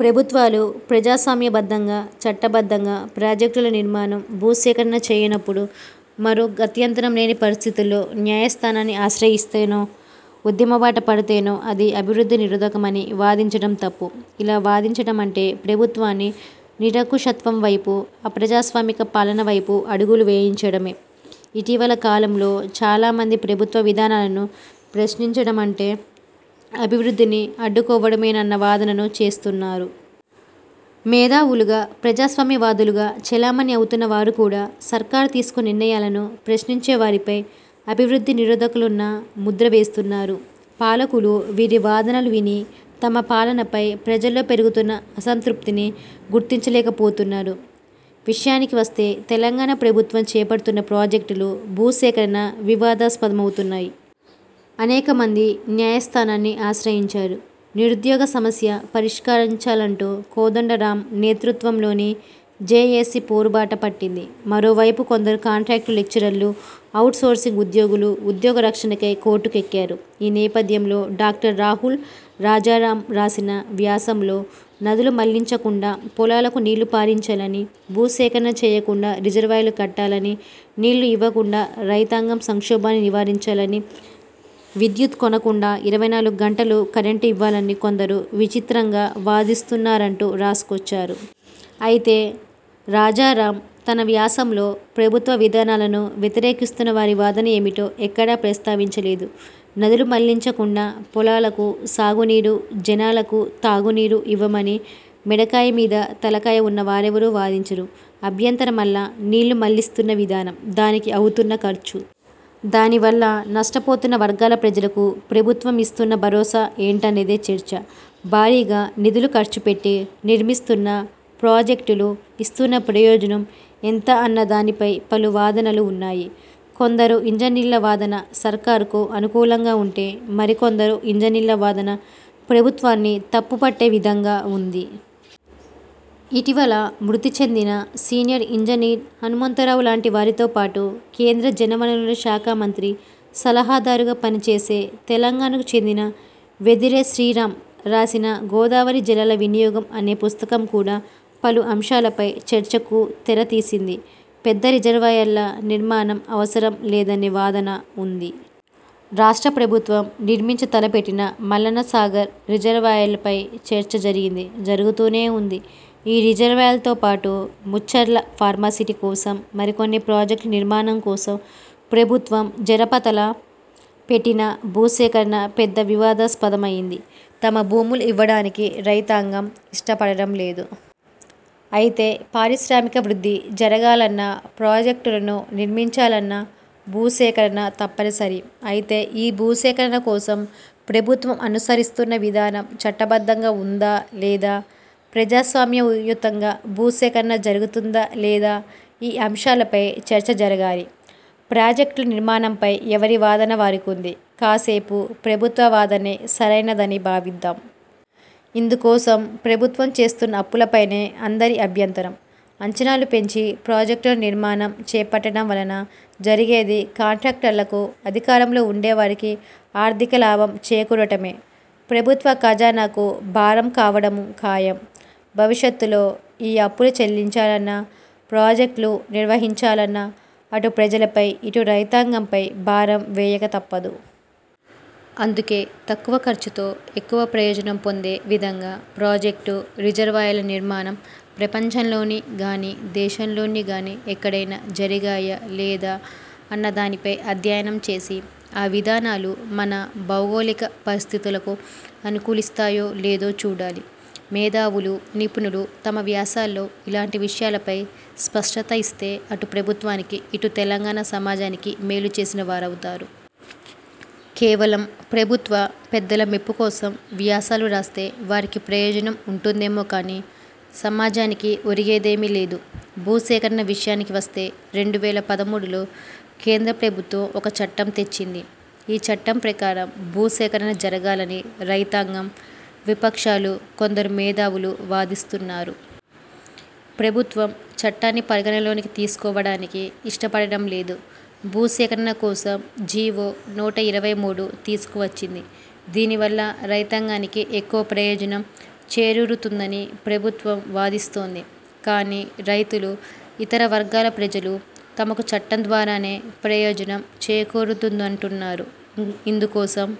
ప్రభుత్వాలు ప్రజాస్వామ్యబద్ధంగా, చట్టబద్ధంగా ప్రాజెక్టుల నిర్మాణం, భూసేకరణ చేయనప్పుడు, మరో గత్యంతరం లేని పరిస్థితుల్లో న్యాయస్థానాన్ని ఆశ్రయిస్తేనో, ఉద్యమ బాట పడితేనో అది అభివృద్ధి నిరోధకమని వాదించడం తప్పు. ఇలా వాదించటమంటే ప్రభుత్వాన్ని నిరంకుశత్వం వైపూ, అప్రజాస్వామిక పాలన వైపూ అడుగులు వేయించడమే. ఇటీవల కాలంలో చాలా మంది ప్రభుత్వ విధానాలను ప్రశ్నించడ మంటే అభివృద్ధిని అడ్డుకోవడమేనన్న వాదనను చేస్తున్నారు. మేధావులుగా, ప్రజాస్వామ్యవాదులుగా చలామణి అవుతున్న వారు కూడా సర్కార్ తీసుకునే నిర్ణయాలను ప్రశ్నించే వారిపై అభివృద్ధి నిరోధకులన్న ముద్ర వేస్తున్నారు. పాలకులు వీరి వాదనలు విని తమ పాలనపై ప్రజల్లో పెరుగుతున్న అసంతృప్తిని గుర్తించలేకపోతున్నారు. విషయానికి వస్తే తెలంగాణ ప్రభుత్వం చేపడుతున్న ప్రాజెక్టులు, భూసేకరణ వివాదస్పదమవుతున్నాయి. అనేక మంది న్యాయ స్థానాన్ని ఆశ్రయించారు. నిరుద్యోగ సమస్య పరిష్కరించాలంటూ కోదండ రామ్ నేతృత్వంలోని జేఏసీ పోరుబాట పట్టింది. మరోవైపు కొందరు కాంట్రాక్టు లెక్చరర్లు, ఔట్ సోర్సింగ్ ఉద్యోగులు ఉద్యోగ రక్షణకై కోర్టు కెక్కారు. ఈ నేసథ్యంలో డాక్టర్ రాహుల్ రాజారామ్ రాసిన వ్యాసంలో నదులు మళ్లించకుండా, పొలాలకు నీళ్లు పారించాలనీ, భూ సేకరణ చేయకుండా రిజర్వాయర్లు కట్టాలనీ, నీళ్లు ఇవ్వకుండా రైతాంగ సంక్షోభాన్ని నివారించాలనీ, విద్యుత్ కొనకుండా ఇరవై నాలుగు గంటలు కరెంట్ ఇవ్వాలనీ కొందరు విచిత్రంగా వాదిస్తున్నారంటూ రాసు కొచ్చారు. అయితే రాజారామ్ తన వ్యాసంలో ప్రభుత్వ విధానాలను వ్యతిరేకిస్తున్న వారి వాదన ఏమిటో ఎక్కడా ప్రస్తావించలేదు. నదులు మళ్లించకుండా పొలాలకు సాగు నీరు, జనాలకు తాగు నీరు ఇవ్వమని మెడకాయ మీద తలకాయ ఉన్న వారెవరూ వాదించరు. అభ్యంతర మల్లా నీళ్లు మళ్లిస్తున్న విధానం. దానికి అవుతున్న ఖర్చు. దానివల్ల నష్టపోతున్న వర్గాల ప్రజలకు ప్రభుత్వం ఇస్తున్న భరోసా ఏంటనేదే చర్చ. భారీగా నిధులు ఖర్చు పెట్టి నిర్మిస్తున్న ప్రాజెక్టులు ఇస్తున్న ప్రయోజనం ఎంత అన్న దానిపై పలు వాదనలు ఉన్నాయి. కొందరు ఇంజనీర్ల వాదన సర్కారుకు అనుకూలంగా ఉంటే, మరికొందరు ఇంజనీర్ల వాదన ప్రభుత్వాన్ని తప్పుబట్టే విధంగా ఉంది. ఇటీవల మృతి చెందిన సీనియర్ ఇంజనీర్ హనుమంతరావు లాంటి వారితో పాటు కేంద్ర జలవనరుల శాఖా మంత్రి సలహాదారుగా పనిచేసే తెలంగాణకు చెందిన వెదిరే శ్రీరాం రాసిన 'గోదావరి జలాల వినియోగం' అనే పుస్తకం కూడా పలు అంశాలపై చర్చకు తెరతీసింది. పెద్ద రిజర్వాయర్ల నిర్మాణ అవసరం లేదనే వాదన ఉంది. రాష్ట్ర ప్రభుత్వం నిర్మించ తలపెట్టిన మల్లన్న సాగర్ రిజర్వాయర్పై చర్చ జరిగింది. జరుగుతూనే ఉంది. ఈ రిజర్వాయర్తో పాటు ముచ్చర్ల ఫార్మాసిటీ కోసం, మరికొన్ని ప్రాజెక్టుల నిర్మాణం కోసం ప్రభుత్వం జరపతల పెట్టిన భూసేకరణ పెద్ద వివాదస్పదం అయింది. తమ భూములు ఇవ్వడానికి రైతాంగం ఇష్టపడడం లేదు. అయితే పారిశ్రామికాభివృద్ధి జరగాలన్నా, ప్రాజెక్టులను నిర్మించాలన్నా భూసేకరణ తప్పనిసరి. అయితే ఈ భూసేకరణ కోసం ప్రభుత్వం అనుసరిస్తున్న విధానం చట్టబద్ధంగా ఉందా లేదా? ప్రజాస్వామ్యయుతంగా భూసేకరణ జరుగుతుందా లేదా? ఈ అంశాలపై చర్చ జరగాలి. ప్రాజెక్టుల నిర్మాణంపై ఎవరి వాదన వారికుంది. కాసేపు ప్రభుత్వ వాదనే సరైనదని భావిద్దాం. ఇందుకోసం ప్రభుత్వం చేస్తున్న అప్పులపైనే అందరి అభ్యంతరం. అంచనాలు పెంచి ప్రాజెక్టుల నిర్మాణం చేపట్టడం వలన జరిగేది కాంట్రాక్టర్లకు, అధికారంలో ఉండే వారికి ఆర్థిక లాభం చేకూరటమే. ప్రభుత్వ ఖజానాకు భారం కావడమూ ఖాయం. భవిష్యత్తులో ఈ అప్పులు చెల్లించాలన్నా, ప్రాజెక్టులు నిర్వహించాలన్నా అటు ప్రజలపై ఇటు రైతాంగంపై భారం వేయక తప్పదు. అందుకే తక్కువ ఖర్చుతో ఎక్కువ ప్రయోజనం పొందే విధంగా ప్రాజెక్టు, రిజర్వాయర్ల నిర్మాణం ప్రపంచంలోని గానీ, దేశంలోని గానీ ఎక్కడైనా జరిగాయా లేదా అన్న దానిపై అధ్యయనం చేసి, ఆ విధానాలు మన భౌగోళిక పరిస్థితులకు అనుకూలిస్తాయో లేదో చూడాలి. మేధావులు, నిపుణులు తమ వ్యాసాల్లో ఇలాంటి విషయాలపై స్పష్టత ఇస్తే అటు ప్రభుత్వానికి ఇటు తెలంగాణ సమాజానికి మేలు చేసిన వారవుతారు. కేవలం ప్రభుత్వ పెద్దల మెప్పుకోసం వ్యాసాలు రాస్తే వారికి ప్రయోజనం ఉంటుందేమో కానీ సమాజానికీ ఒరిగేదేమీ లేదు. భూసేకరణ విషయానికి వస్తే రెండు వేల పదమూడులో కేంద్ర ప్రభుత్వం ఒక చట్టం తెచ్చింది. ఈ చట్టం ప్రకారం భూ సేకరణ జరగాలని రైతాంగం, విపక్షాలు, కొందరు మేధావులు వాదిస్తున్నారు. ఫ్రభుత్వం చట్టాన్ని పరిగణలోనికి తీసుకోవడానికి ఇష్టపడడం లేదు. భూసేకరణ కోసం జీవో నూట ఇరవై మూడు తీసుకు వచ్చింది. దీని వల్ల రైతాంగానికి ఎక్కువ ప్రయోజనం చేరూరుతుందని ప్రభుత్వం వాదిస్తోంది. కానీ రైతులు, ఇతర వర్గాల ప్రజలు తమకు చట్టం ద్వారానే ప్రయోజనం చేకూరుతుందంటున్నారు. ఇందుకోసం